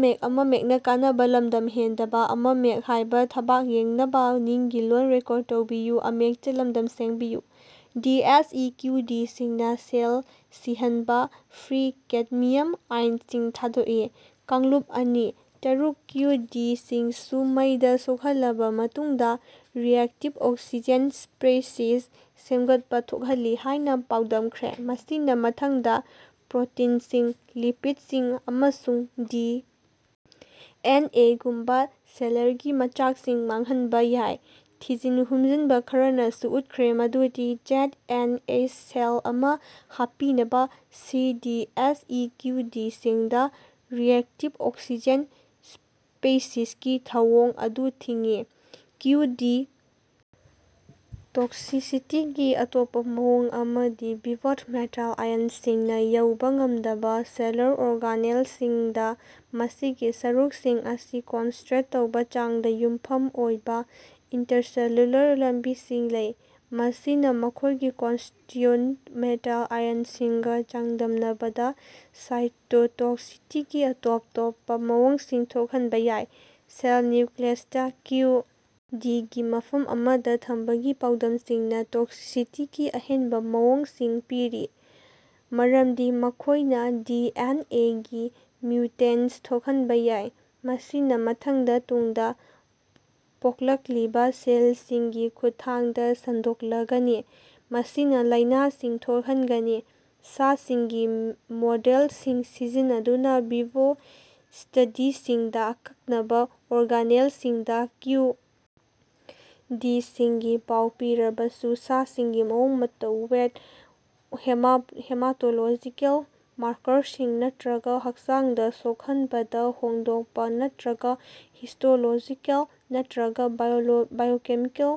ꯗꯤ. S. E. Q. D. ꯁꯤꯡꯅ cell ꯁꯤꯍꯟꯕ free cadmium ꯑꯥꯏꯟꯁꯤꯡ ꯊꯥꯗꯣꯛꯏ꯫ ꯀꯥꯡꯂꯨꯞ ꯑꯅꯤ - ꯇꯔꯨꯛ ꯀ꯭ꯌꯨ. ꯗꯤ. ꯁꯤꯡꯁꯨ ꯃꯩꯗ ꯁꯣꯛꯍꯜꯂꯕ ꯃꯇꯨꯡꯗ ꯔꯤꯑꯦꯛꯇꯤꯕ ꯑꯣꯛꯁꯤꯖꯦꯟ ꯁ꯭ꯄꯦꯁꯤꯁ ꯁꯦꯝꯒꯠꯄ ꯊꯣꯛꯍꯜꯂꯤ ꯍꯥꯏꯅ ꯄꯥꯎꯗꯝꯈ꯭ꯔꯦ, ꯃꯁꯤꯅ ꯃꯊꯪꯗ ꯄ꯭ꯔꯣꯇꯤꯟꯁꯤꯡ, ꯂꯤꯄꯤꯗꯁꯤꯡ, ꯑꯃꯁꯨꯡ ꯗꯤ. ꯑꯦꯟ. ꯑꯦ. ꯒꯨꯝꯕ ꯁꯦꯜꯂꯔꯒꯤ ꯃꯆꯥꯛꯁꯤꯡ ꯃꯥꯡꯍꯟꯕ ꯌꯥꯏ꯫ ꯊꯤꯖꯟ ꯍꯨꯝꯖꯟꯕ ꯈꯔꯅꯁꯨ ꯎꯠꯈ꯭ꯔꯦ ꯃꯗꯨꯗꯤ ꯖꯦꯗ. ꯑꯦꯟ. ꯑꯦꯁ. ꯁꯦꯜ ꯑꯃ ꯍꯥꯞꯄꯤꯕꯅ C. D. S. E. Q. D. ꯁꯤꯡꯗ ꯔꯤꯑꯦꯛꯇꯤꯕ ꯑꯣꯛꯁꯤꯖꯦꯟ ꯁ꯭ꯄꯦꯁꯤꯖꯀꯤ ꯊꯧꯑꯣꯡ ꯑꯗꯨ ꯊꯤꯡꯏ꯫ ꯀ꯭ꯌꯨ. ꯗꯤ. ꯇꯣꯛꯁꯤꯁꯤꯇꯤꯒꯤ ꯑꯇꯣꯞꯄ ꯃꯑꯣꯡ ꯑꯃꯗꯤ ꯚꯤꯚꯣꯗ, ꯃꯦꯇꯥꯜ ꯑꯥꯏꯌꯟꯁꯤꯡꯅ ꯌꯧꯕ ꯉꯝꯗꯕ ꯁꯦꯜꯂꯔ ꯑꯣꯔꯒꯅꯦꯜꯁꯤꯡꯗ ꯃꯁꯤꯒꯤ ꯁꯔꯨꯛꯁꯤꯡ ꯑꯁꯤ ꯀꯣꯟꯁ꯭ꯇ꯭ꯔꯦꯠ ꯇꯧꯕ ꯆꯥꯡꯗ ꯌꯨꯝꯐꯝ ꯑꯣꯏꯕ ꯏꯟꯇ꯭ꯔꯦꯁꯦꯂꯨꯂꯔ ꯂꯝꯕꯤꯁꯤꯡ ꯂꯩ, ꯃꯁꯤꯅ ꯃꯈꯣꯏꯒꯤ ꯀꯣꯟꯁ꯭ꯇꯤꯌꯨꯟ ꯃꯦꯇꯥꯜ ꯑꯥꯌꯟꯁꯤꯡꯒ ꯆꯥꯡꯗꯝꯅꯕꯗ ꯁꯥꯏꯇꯣꯇꯣꯛꯁꯤꯇꯤꯒꯤ ꯇꯣꯞ ꯇꯣꯞꯄ ꯃꯑꯣꯡꯁꯤꯡ ꯊꯣꯛꯍꯟꯕ ꯌꯥꯏ꯫ ꯁꯦꯜ ꯅ꯭ꯌꯨꯀ꯭ꯌꯨꯂꯤꯁꯇ ꯀ꯭ꯌꯨ. ꯗꯤ. ꯒꯤ ꯃꯐꯝ ꯑꯃꯗ ꯊꯝꯕꯒꯤ ꯄꯥꯎꯗꯝꯁꯤꯡꯅ ꯇꯣꯛꯁꯤꯁꯤꯇꯤꯒꯤ ꯑꯍꯦꯟꯕ ꯃꯑꯣꯡꯁꯤꯡ ꯄꯤꯔꯤ ꯃꯔꯝꯗꯤ ꯃꯈꯣꯏꯅ ꯗꯤ. ꯑꯦꯟ. ꯑꯦ. ꯒꯤ ꯃ꯭ꯌꯨꯇꯦꯁꯟ ꯊꯣꯛꯍꯟꯕ ꯌꯥꯏ, ꯃꯁꯤꯅ ꯃꯊꯪꯗ ꯇꯨꯡꯗ ꯄꯣꯛꯂꯛꯂꯤꯕ ꯁꯦꯜꯁꯤꯡꯒꯤ ꯈꯨꯠꯊꯥꯡꯗ ꯁꯟꯗꯣꯛꯂꯒꯅꯤ, ꯃꯁꯤꯅ ꯂꯥꯏꯅꯥꯁꯤꯡ ꯊꯣꯛꯍꯟꯒꯅꯤ꯫ ꯁꯥꯁꯤꯡꯒꯤ ꯃꯣꯗꯦꯜꯁꯤꯡ ꯁꯤꯖꯤꯟꯅꯗꯨꯅ ꯚꯤꯚꯣ ꯁ꯭ꯇꯗꯤꯁꯤꯡꯗ ꯑꯀꯛꯅꯕ ꯑꯣꯔꯒꯅꯦꯜꯁꯤꯡꯗ ꯀ꯭ꯌꯨ. ꯗꯤ. ꯁꯤꯡꯒꯤ ꯄꯥꯎ ꯄꯤꯔꯕꯁꯨ, ꯁꯥꯁꯤꯡꯒꯤ ꯃꯑꯣꯡ-ꯃꯇꯧ, ꯋꯦꯠ, ꯍꯦꯃꯥꯇꯣꯂꯣꯖꯤꯀꯦꯜ ꯃꯥꯔꯀꯔꯁꯤꯡ, ꯅꯠꯇ꯭ꯔꯒ ꯍꯛꯆꯥꯡꯗ ꯁꯣꯛꯍꯟꯕꯗ ꯍꯣꯡꯗꯣꯛꯄ ꯑꯃꯠꯇ ꯍꯤꯁꯇꯣꯂꯣꯖꯤꯀꯦꯜ ꯅꯠꯇ꯭ꯔꯒ ꯕꯥꯏꯑꯣꯀꯦꯃꯤꯀꯦꯜ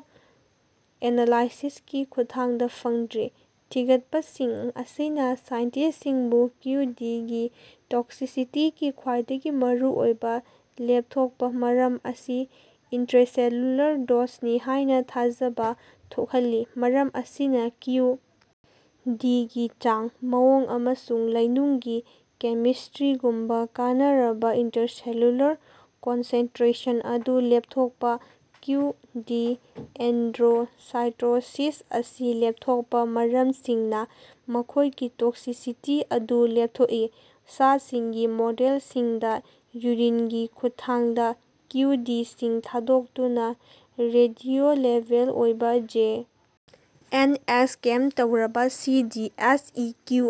ꯑꯦꯅꯥꯂꯥꯏꯁꯤꯁꯀꯤ ꯈꯨꯠꯊꯥꯡꯗ ꯐꯪꯗ꯭ꯔꯤ꯫ ꯊꯤꯒꯠꯄꯁꯤꯡ ꯑꯁꯤꯅ ꯁꯥꯏꯟꯇꯤꯁ꯭ꯠꯁꯤꯡꯕꯨ ꯀ꯭ꯌꯨ. ꯗꯤ. ꯒꯤ ꯇꯣꯛꯁꯤꯁꯤꯇꯤꯒꯤ ꯈ꯭ꯋꯥꯏꯗꯒꯤ ꯃꯔꯨꯑꯣꯏꯕ ꯂꯦꯞꯊꯣꯛꯄ ꯃꯔꯝ ꯑꯁꯤ ꯏꯟꯇ꯭ꯔꯦꯁꯦꯂ꯭ꯌꯨꯂꯔ ꯗꯣꯁꯅꯤ ꯍꯥꯏꯅ ꯊꯥꯖꯕ ꯊꯣꯛꯍꯜꯂꯤ꯫ ꯃꯔꯝ ꯑꯁꯤꯅ ꯀ꯭ꯌꯨ. ꯗꯤ. ꯒꯤ ꯆꯥꯡ, ꯃꯑꯣꯡ ꯑꯃꯁꯨꯡ ꯂꯩꯅꯨꯡꯒꯤ ꯀꯦꯃꯤꯁꯇ꯭ꯔꯤꯒꯨꯝꯕ ꯀꯥꯟꯅꯔꯕ ꯏꯟꯇ꯭ꯔꯦꯁꯦꯂꯨꯂꯔ ꯀꯣꯟꯁꯦꯟꯇ꯭ꯔꯦꯁꯟ ꯑꯗꯨ ꯂꯦꯞꯊꯣꯛꯄ ꯀ꯭ꯌꯨ, ꯗꯤ. ꯑꯦꯟꯗꯣꯁꯥꯏꯇꯣꯁꯤꯁ ꯑꯁꯤ ꯂꯦꯞꯊꯣꯛꯄ ꯃꯔꯝꯁꯤꯡꯅ ꯃꯈꯣꯏꯒꯤ ꯇꯣꯛꯁꯤꯁꯤꯇꯤ ꯑꯗꯨ ꯂꯦꯞꯊꯣꯛꯏ꯫ ꯁꯥꯁꯤꯡꯒꯤ ꯃꯣꯗꯦꯜꯁꯤꯡꯗ ꯌꯨꯔꯤꯟꯒꯤ ꯈꯨꯠꯊꯥꯡꯗ ꯀ꯭ꯌꯨ. ꯗꯤ. ꯁꯤꯡ ꯊꯥꯗꯣꯛꯇꯨꯅ ꯔꯦꯗꯤꯑꯣ-ꯂꯦꯕꯦꯜ ꯑꯣꯏꯕ ꯖꯦ. ꯑꯦꯟ. ꯑꯦꯁ. -ꯀꯦꯞ ꯇꯧꯔꯕ C. D. S. E. Q,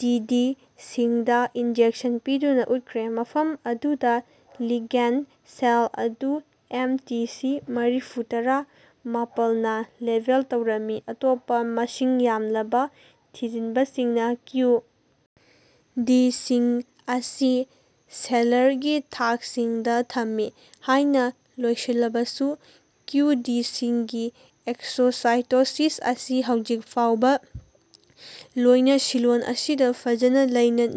D. D. ꯁꯤꯡꯗ ꯏꯟꯖꯦꯛꯁꯟ ꯄꯤꯗꯨꯅ ꯎꯠꯈ꯭ꯔꯦ ꯃꯐꯝ ꯑꯗꯨꯗ ꯂꯤꯒꯦꯟꯗ ꯁꯦꯜ ꯑꯗꯨ ꯑꯦꯝ. ꯇꯤ. ꯁꯤ. ꯃꯔꯤꯐꯨꯇꯔꯥ - ꯃꯥꯄꯜꯅ ꯂꯦꯕꯦꯜ ꯇꯧꯔꯝꯃꯤ꯫ ꯑꯇꯣꯞꯄ ꯃꯁꯤꯡ ꯌꯥꯝꯂꯕ ꯊꯤꯖꯤꯟꯕꯁꯤꯡꯅ ꯀ꯭ꯌꯨ. ꯗꯤ. ꯁꯤꯡ ꯑꯁꯤ ꯁꯦꯜꯂꯔꯒꯤ ꯊꯥꯛꯁꯤꯡꯗ ꯊꯝꯃꯤ ꯍꯥꯏꯅ ꯂꯣꯏꯁꯤꯜꯂꯕꯁꯨ, ꯀ꯭ꯌꯨ, ꯗꯤ. ꯁꯤꯡꯒꯤ ꯑꯦꯛꯁꯣꯁꯥꯏꯇꯣꯁꯤꯁ ꯑꯁꯤ ꯍꯧꯖꯤꯛ ꯐꯥꯎꯕ ꯂꯣꯏꯅꯁꯤꯂꯣꯟ ꯑꯁꯤꯗ ꯐꯖꯅ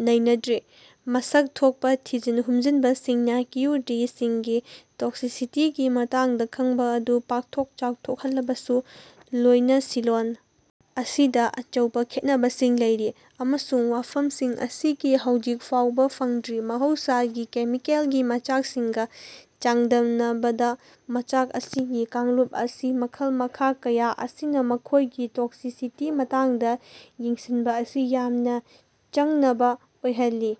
ꯅꯩꯅꯗ꯭ꯔꯤ꯫ ꯃꯁꯛ ꯊꯣꯛꯄ ꯊꯤꯖꯟ ꯍꯨꯝꯖꯟꯕꯁꯤꯡꯅ ꯀ꯭ꯌꯨ. ꯗꯤ. ꯁꯤꯡꯒꯤ ꯇꯣꯛꯁꯤꯁꯤꯁꯤꯇꯤꯒꯤ ꯃꯇꯥꯡꯗ ꯈꯪꯕ ꯑꯗꯨ ꯄꯥꯛꯊꯣꯛ ꯆꯥꯎꯊꯣꯛꯍꯜꯂꯕꯁꯨ, ꯂꯣꯏꯅꯁꯤꯂꯣꯟ ꯑꯁꯤꯗ ꯑꯆꯧꯕ ꯈꯦꯠꯅꯕꯁꯤꯡ ꯂꯩꯔꯤ, ꯑꯃꯁꯨꯡ ꯋꯥꯐꯝꯁꯤꯡ ꯑꯁꯤꯒꯤ ꯍꯧꯖꯤꯛ ꯐꯥꯎꯕ ꯐꯪꯗ꯭ꯔꯤ꯫ ꯃꯍꯧꯁꯥꯒꯤ ꯀꯦꯃꯤꯀꯦꯜꯒꯤ ꯃꯆꯥꯛꯁꯤꯡꯒ ꯆꯥꯡꯗꯝꯅꯕꯗ ꯃꯆꯥꯛ ꯑꯁꯤꯒꯤ ꯀꯥꯡꯂꯨꯞ ꯑꯁꯤꯒꯤ ꯃꯈꯜ-ꯃꯈꯥ ꯀꯌꯥ ꯑꯁꯤꯅ ꯃꯈꯣꯏꯒꯤ ꯇꯣꯛꯁꯤꯁꯤꯇꯤ ꯃꯇꯥꯡꯗ ꯌꯦꯡꯁꯤꯟꯕ ꯑꯁꯤ ꯌꯥꯝꯅ ꯆꯡꯅꯕ ꯑꯣꯏꯍꯜꯂꯤ꯫